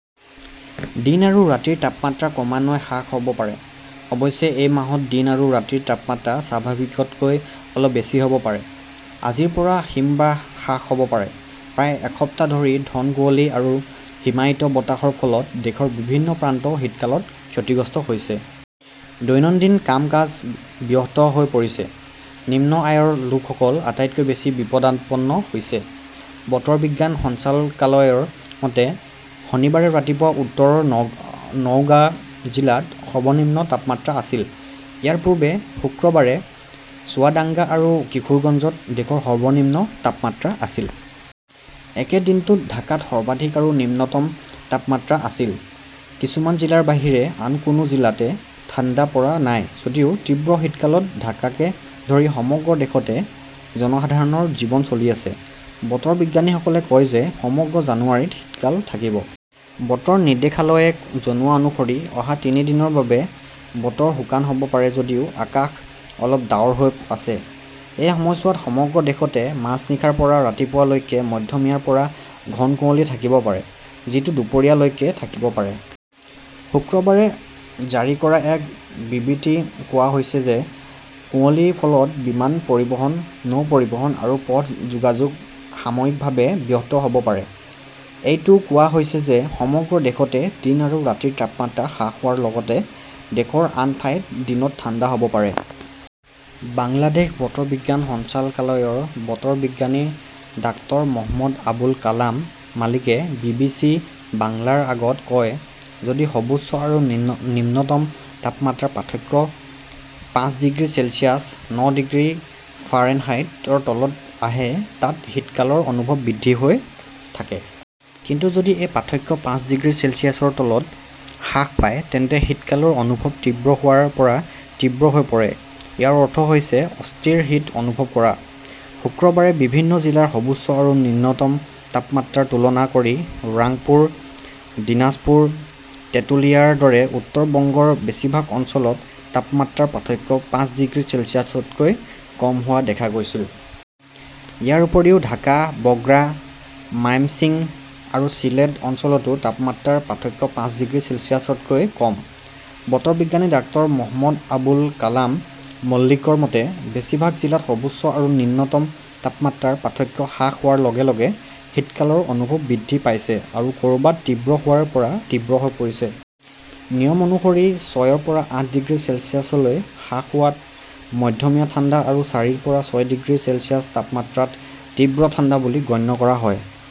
দিন আৰু ৰাতিৰ তাপমাত্ৰা ক্ৰমান্বয়ে হ্ৰাস হ'ব পাৰে। অৱশ্যে, এই মাহত দিন আৰু ৰাতিৰ তাপমাত্ৰা স্বাভাৱিকতকৈ অলপ বেছি হ'ব পাৰে। আজিৰ পৰা হিমবাহ হ্ৰাস হ'ব পাৰে। প্ৰায় এসপ্তাহ ধৰি ঘন কুঁৱলী আৰু হিমায়িত বতাহৰ ফলত দেশৰ বিভিন্ন প্ৰান্ত শীতকালত ক্ষতিগ্ৰস্ত হৈছে। দৈনন্দিন কাম-কাজ ব্যাহত হৈ পৰিছে। নিম্ন আয়ৰ লোকসকল আটাইতকৈ বেছি বিপদাপন্ন হৈছে। বতৰ বিজ্ঞান সঞ্চালকালয়ৰ মতে, শনিবাৰে ৰাতিপুৱা উত্তৰৰ নওগাঁ জিলাত সৰ্বনিম্ন তাপমাত্ৰা আছিল। ইয়াৰ পূৰ্বে শুক্ৰবাৰে চুৱাডাঙ্গা আৰু কিশোৰগঞ্জত দেশৰ সৰ্বনিম্ন তাপমাত্ৰা আছিল। একে দিনটোত ঢাকাত সৰ্বাধিক আৰু নিম্নতম তাপমাত্ৰা আছিল। কিছুমান জিলাৰ বাহিৰে আন কোনো জিলাতে ঠাণ্ডা পৰা নাই যদিও তীব্ৰ শীতকালত ঢাকাকে ধৰি সমগ্ৰ দেশতে জনসাধাৰণৰ জীৱন চলি আছে। বতৰ বিজ্ঞানীসকলে কয় যে, সমগ্ৰ জানুৱাৰীত শীতকাল থাকিব। বতৰ নিৰ্দেশালয়ে জনোৱা অনুসৰি অহা তিনি দিনৰ বাবে বতৰ শুকান হ'ব পাৰে যদিও আকাশ অলপ ডাৱৰ হৈ আছে। এই সময়ছোৱাত সমগ্ৰ দেশতে মাজনিশাৰ পৰা ৰাতিপুৱা লৈকে মধ্যমীয়াৰ পৰা ঘন কুঁৱলী থাকিব পাৰে, যিটো দুপৰীয়া লৈকে থাকিব পাৰে। শুক্ৰবাৰে জাৰি কৰা এক বিবৃতিত কোৱা হৈছে যে, কুঁৱলীৰ ফলত বিমান পৰিবহণ, নৌ পৰিবহণ আৰু পথ যোগাযোগ সাময়িকভাৱে ব্যাহত হ'ব পাৰে। এইটোও কোৱা হৈছে যে সমগ্ৰ দেশতে দিন আৰু ৰাতিৰ তাপমাত্ৰা হ্ৰাস হোৱাৰ লগতে দেশৰ আন ঠাইত দিনত ঠাণ্ডা হ'ব পাৰে। বাংলাদেশ বতৰ বিজ্ঞান সঞ্চালকালয়ৰ বতৰ বিজ্ঞানী ডাঃ মহম্মদ আবুল কালাম মালিকে বি. বি. চি. বাংলাৰ আগত কয়, "যদি সৰ্বোচ্চ আৰু নিম্নতম তাপমাত্ৰাৰ পাৰ্থক্য পাঁচ ডিগ্ৰী চেলছিয়াছ (ন' ডিগ্ৰী ফাৰেনহাইট)ৰ তলত আহে, তাত শীতকালৰ অনুভৱ বৃদ্ধি হৈ থাকে।" কিন্তু যদি এই পাৰ্থক্য পাঁচ ডিগ্ৰী চেলছিয়াছৰ তলত হ্ৰাস পায়, তেন্তে শীতকালৰ অনুভৱ তীব্ৰ হোৱাৰ পৰা তীব্ৰ হৈ পৰে। ইয়াৰ অৰ্থ হৈছে অস্থিৰ শীত অনুভৱ কৰা। শুক্ৰবাৰে বিভিন্ন জিলাৰ সৰ্বোচ্চ আৰু নিম্নতম তাপমাত্ৰাৰ তুলনা কৰি ৰাংপুৰ, দিনাজপুৰ, তেটুলিয়াৰ দৰে উত্তৰ বংগৰ বেছিভাগ অঞ্চলত তাপমাত্ৰাৰ পাৰ্থক্য পাঁচ ডিগ্ৰী চেলছিয়াছতকৈ কম হোৱা দেখা গৈছিল। ইয়াৰ উপৰিও ঢাকা, বগ্ৰা, মাইমশ্বিং আৰু চিলেট অঞ্চলতো তাপমাত্ৰাৰ পাৰ্থক্য পাঁচ ডিগ্ৰী চেলছিয়াছতকৈ কম। বতৰ বিজ্ঞানী ডাঃ মহম্মদ আবুল কালাম মল্লিকৰ মতে, বেছিভাগ জিলাত সৰ্বোচ্চ আৰু নিম্নতম তাপমাত্ৰাৰ পাৰ্থক্য হ্ৰাস হোৱাৰ লগে লগে শীতকালৰ অনুভৱ বৃদ্ধি পাইছে আৰু ক'ৰবাত তীব্ৰ হোৱাৰ পৰা তীব্ৰ হৈ পৰিছে। নিয়ম অনুসৰি, ছয়ৰ পৰা আঠ ডিগ্ৰী চেলছিয়াছলৈ হ্ৰাস হোৱাত মধ্যমীয়া ঠাণ্ডা আৰু চাৰিৰ পৰা ছয় ডিগ্ৰী চেলছিয়াছ তাপমাত্ৰাত তীব্ৰ ঠাণ্ডা বুলি গণ্য কৰা হয়।